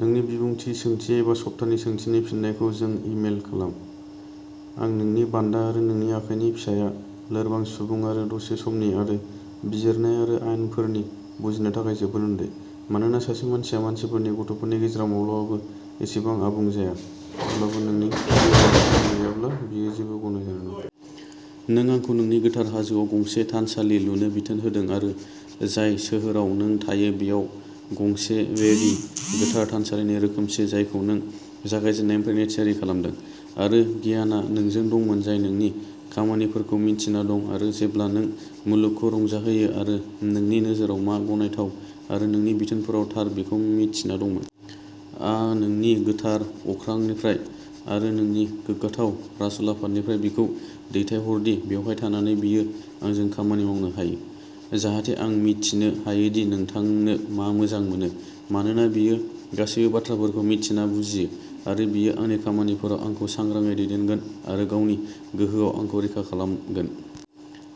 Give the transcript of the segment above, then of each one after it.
नोंनि बिबुंथि सोंथि एबा सप्तानि सोंथिनि फिननायखौ जों इमेल खालाम। आं नोंनि बान्दा आरो नोंनि आखाइनि फिसाया लोरबां सुबुं आरो दसे समनि आरो बिजिरनाय आरो आयेनफोरनि बुजिनो थाखाय जोबोद उन्दै। मानोना सासे मानसिया मानसिफोरनि गथ'फोरनि गेजेराव माब्लाबाबो एसेबां आबुं जाया अब्लाबो नोंनि गियानआ बेजों गैयाब्ला बियो जेबो गनाय जानाय नङा। नों आंखौ नोंनि गोथार हाजोआव गंसे थानसालि लुनो बिथोन होदों आरो जाय सोहोराव नों थायो बेयाव गंसे वेदी गोथार थानसालिनि रोखोमसे जायखौ नों जागायजेन्नायनिफ्रायनो थियारि खालामदों। आरो गियानआ नोंजों दंमोन जाय नोंनि खामानिफोरखौ मिन्थिना दं आरो जेब्ला नों मुलुगखौ रंजाहोयो आरो नोंनि नोजोराव मा गनायथाव आरो नोंनि बिथोनफोराव थार बेखौ मिन्थिना दंमोन। आ नोंनि गोथार अख्रांनिफ्राय आरो नोंनि गोग्गाथाव राजउलाफादनिफ्राय बिखौ दैथायहरदि बेवहाय थानानै बियो आंजों खामानि मावनो हायो, जाहाथे आं मिथिनो हायो दि नोंथांनो मा मोजां मोनो। मानोना बियो गासैबो बाथ्राफोरखौ मिन्थिना बुजियो आरो बियो आंनि खामानिफोराव आंखौ सांग्राङै दैदेनगोन आरो गावनि गोहोआव आंखौ रैखा खालामगोन।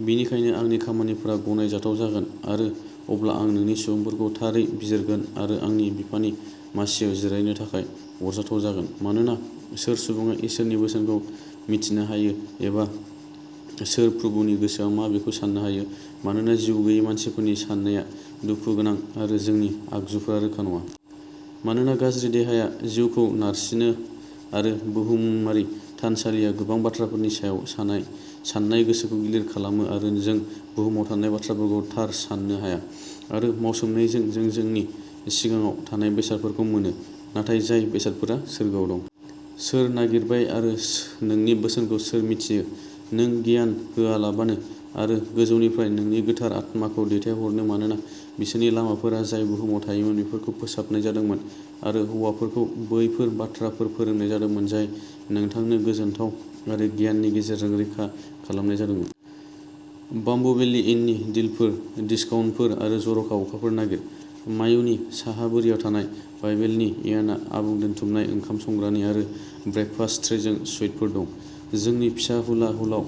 बेनिखायनो आंनि खामानिफोरा गनायजाथाव जागोन आरो अब्ला आं नोंनि सुबुंफोरखौ थारै बिजिरगोन आरो आंनि बिफानि मासिआव जिरायनो थाखाय आरजाथाव जागोन। मानोना सोर सुबुङा इसोरनि बोसोनखौ मिथिनो हायो एबा सोर प्रभुनि गोसोआ मा बेखौ सान्नो हायो मानोना जिउगैयै मानसिफोरनि साननाया दुखुगोनां आरो जोंनि आगजुफोरा रोखा नङा। मानोना गाज्रि देहाया जिउखौ नारसिनो आरो बुहुमारि थानसालिया गोबां बाथ्राफोरनि सायाव सान्नाय गोसोखौ गिलिर खालामो आरो जों बुहुमाव थानाय बाथ्राफोरखौ थार सान्नो हाया आरो मावसोमनायजों जों जोंनि सिगाङाव थानाय बेसादफोरखौ मोनो नाथाय जाय बेसादफोरा सोरगोआव दं। सोर नागिरबाय आरो नोंनि बोसोनखौ सोर मिन्थियो, नों गियान होआलाबानो आरो गोजौनिफ्राय नोंनि गोथार आत्माखौ दैथायहरनो मानोना बिसोरनि लामाफोर जाय बुहुमाव थायोमोन बेफोरखौ फोसाबनाय जादोंमोन आरो हौवाफोरखौ बैफोर बाथ्राफोर फोरोंनाय जादोंमोन जाय नोंथांनो गोजोनथाव आरो गियाननि गेजेरजों रैखा खालामनाय जादोंमोन। बाम्ब'भेलि इननि डिलफोर डिस्काउन्टफोर आरो जर'खा अफारफोर नागिर माउयनि साहा बोरियाव थानाय बाम्ब'भेलि इनआव आबुं दोनथुमनाय ओंखाम संग्रानि आरो ब्रेकफास्ट ट्रेजों सुइटफोर दं। जोंनि फिसा हुला हेलआव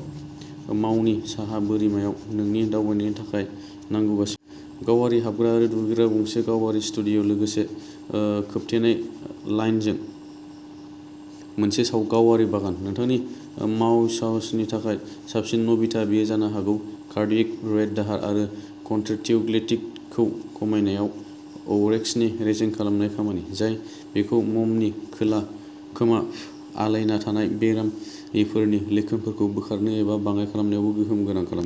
माउनि साहा बोरिमायाव नोंनि दावबायनायनि थाखाय नांगौ गासैबो दं। गावारि हाबग्रा आरो दुगैग्रा गंसे गावारि स्टुडिय' लोगोसे खोबथेनाय लानाइजों मोनसे गावारि बागान। नोंथांनि माउइ साहसफोरनि थाखाय साबसिन न' बिथा बेयो जानो हागौ कार्डियेक रेट दाहार आरो कन्ट्रेक्टिलिटिखौ खमायनायाव औरक्सनि रेजें खालामनाय खामानि जाय बेखौ ममनि खोमा आलायना थानाय बेरामिफोरनि लैखोनफोरखौ बोखारनो एबा बाङाइ खालामनायावबो गोहोम गोनां खालामो।